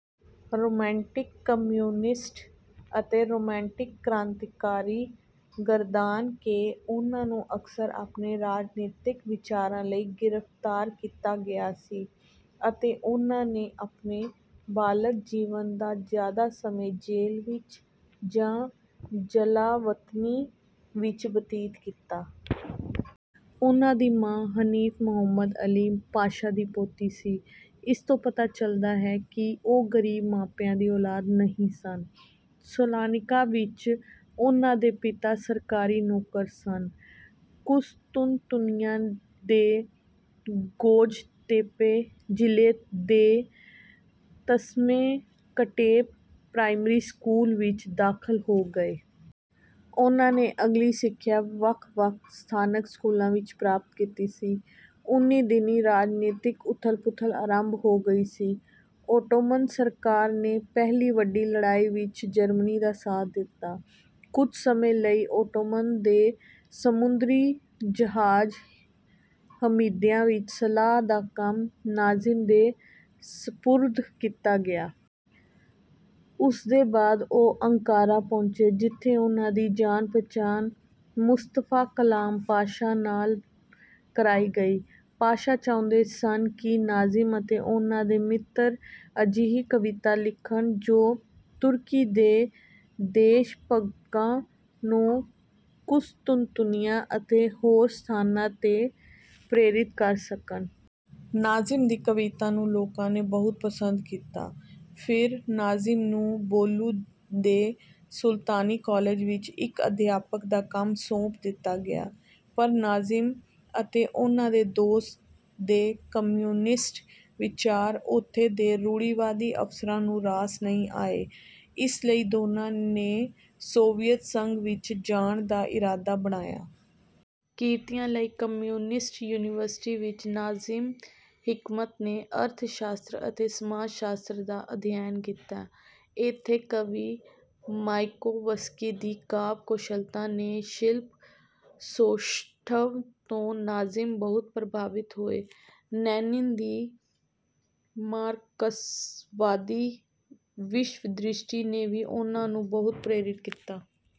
Romantic communist ਅਤੇ romantic ਕ੍ਰਾਂਤੀਕਾਰੀ ਗਰਦਾਨ ਕੇ ਉਹਨਾਂ ਨੂੰ ਅਕਸਰ ਆਪਣੇ ਰਾਜਨੀਤਕ ਵਿਚਾਰਾਂ ਲਈ ਗਿਰਫਤਾਰ ਕੀਤਾ ਗਿਆ ਸੀ ਅਤੇ ਉਹਨਾਂ ਨੇ ਆਪਣੇ ਬਾਲਗ ਜੀਵਨ ਦਾ ਜ਼ਿਆਦਾ ਸਮਾਂ ਜੇਲ੍ਹ ਵਿੱਚ ਜਾਂ ਜਲਾਵਤਨੀ ਵਿੱਚ ਬਤੀਤ ਕੀਤਾ। ਉਹਨਾਂ ਦੀ ਮਾਂ ਹਨੀਫ਼ ਮੌਹੰਮਦ ਅਲੀ ਪਾਸ਼ਾ ਦੀ ਪੋਤੀ ਸੀ। ਇਸ ਤੋਂ ਪਤਾ ਚਲਦਾ ਹੈ ਕਿ ਉਹ ਗਰੀਬ ਮਾਪਿਆਂ ਦੀ ਔਲਾਦ ਨਹੀਂ ਸਨ। ਸਲੋਨਿਕਾ ਵਿੱਚ ਉਹਨਾਂ ਦੇ ਪਿਤਾ ਸਰਕਾਰੀ ਨੌਕਰ ਸਨ। ਕੁਸਤੁਨਤੁਨਨੀਆ ਦੇ ਗੋਜ਼ਤੇਪੇ ਜਿਲੇ ਦੇ ਤਸਮੇਕਟੇਪ ਪ੍ਰਾਇਮਰੀ ਸਕੂਲ ਵਿੱਚ ਦਾਖਲ ਹੋ ਗਏ। ਉਹਨਾਂ ਨੇ ਅਗਲੀ ਸਿੱਖਿਆ ਵੱਖ ਵੱਖ ਸਥਾਨਕ ਸਕੂਲਾਂ ਵਿੱਚ ਪ੍ਰਾਪਤ ਕੀਤੀ ਸੀ। ਉਨ੍ਹੀਂ ਦਿਨੀਂ ਰਾਜਨੀਤਕ ਉਥੱਲ-ਪੁਥਲ ਅਰੰਭ ਹੋ ਗਈ ਸੀ। ਔਟੋਮਨ ਸਰਕਾਰ ਨੇ ਪਹਿਲੀ ਵੱਡੀ ਲੜਾਈ ਵਿੱਚ ਜਰਮਨੀ ਦਾ ਸਾਥ ਦਿੱਤਾ। ਕੁੱਝ ਸਮੇਂ ਲਈ ਔਟੋਮਨ ਦੇ ਸਮੁੰਦਰੀ ਜਹਾਜ ਹਮੀਦਿਆ ਵਿੱਚ ਮਲਾਹ ਦਾ ਕੰਮ ਨਾਜ਼ਿਮ ਦੇ ਸਪੁਰਦ ਕੀਤਾ ਗਿਆ। ਉਸਦੇ ਬਾਅਦ ਉਹ ਅੰਕਾਰਾ ਪਹੁੰਚੇ ਜਿਥੇ ਉਹਨਾਂ ਦੀ ਜਾਣ ਪਛਾਣ ਮੁਸਤਫਾ ਕਮਾਲ ਪਾਸ਼ਾ ਨਾਲ ਕਰਾਈ ਗਈ। ਪਾਸ਼ਾ ਚਾਹੁੰਦੇ ਸਨ ਕਿ ਨਾਜਿਮ ਅਤੇ ਉਹਨਾਂ ਦੇ ਮਿੱਤਰ ਅਜਿਹੀ ਕਵਿਤਾ ਲਿਖਣ ਜੋ ਤੁਰਕੀ ਦੇ ਦੇਸ਼ਭਗਕਾਂ ਨੂੰ ਕੁਸਤੁਨਤੁਨੀਆ ਅਤੇ ਹੋਰ ਸਥਾਨਾਂ ਤੇ ਪ੍ਰੇਰਿਤ ਕਰ ਸਕਣ। ਨਾਜ਼ਿਮ ਦੀ ਕਵਿਤਾ ਨੂੰ ਲੋਕਾਂ ਨੇ ਬਹੁਤ ਪਸੰਦ ਕੀਤਾ। ਫਿਰ ਨਾਜ਼ਿਮ ਨੂੰ ਬੋਲੂ ਦੇ ਸੁਲਤਾਨੀ ਕਾਲਜ ਵਿੱਚ ਇੱਕ ਅਧਿਆਪਕ ਦਾ ਕੰਮ ਸੌਂਪ ਦਿੱਤਾ ਗਿਆ। ਪਰ ਨਾਜ਼ਿਮ ਅਤੇ ਉਹਨਾਂ ਦੇ ਦੋਸਤ ਦੇ ਕਮਿਊਨਿਸਟ ਵਿਚਾਰ ਉੱਥੇ ਦੇ ਰੂੜੀਵਾਦੀ ਅਫਸਰਾਂ ਨੂੰ ਰਾਸ ਨਹੀਂ ਆਏ ਇਸ ਲਈ ਦੋਨਾਂ ਨੇ ਸੋਵੀਅਤ ਸੰਘ ਵਿੱਚ ਜਾਣ ਦਾ ਇਰਾਦਾ ਬਣਾਇਆ। ਕਿਰਤੀਆਂ ਲਈ ਕਮਿਊਨਿਸਟ ਯੂਨੀਵਰਸਿਟੀ ਵਿੱਚ ਨਾਜ਼ਿਮ ਹਿਕਮਤ ਨੇ ਅਰਥ ਸ਼ਾਸਤਰ ਅਤੇ ਸਮਾਜ ਸ਼ਾਸਤਰ ਦਾ ਅਧਿਐਨ ਕੀਤਾ। ਇੱਥੇ ਕਵੀ ਮਾਇਕੋਵਸਕੀ ਦੀ ਕਾਵਿ-ਕੌਸ਼ਲਤਾ ਅਤੇ ਸ਼ਿਲਪ ਸੌਸ਼ਠਵ ਤੋਂ ਨਾਜ਼ਿਮ ਬਹੁਤ ਪ੍ਰਭਾਵਿਤ ਹੋਏ। ਲੈਨਿਨ ਦੀ ਮਾਰਕਸਵਾਦੀ ਵਿਸ਼ਵਦ੍ਰਿਸ਼ਟੀ ਨੇ ਵੀ ਉਹਨਾਂ ਨੂੰ ਬਹੁਤ ਪ੍ਰੇਰਿਤ ਕੀਤਾ।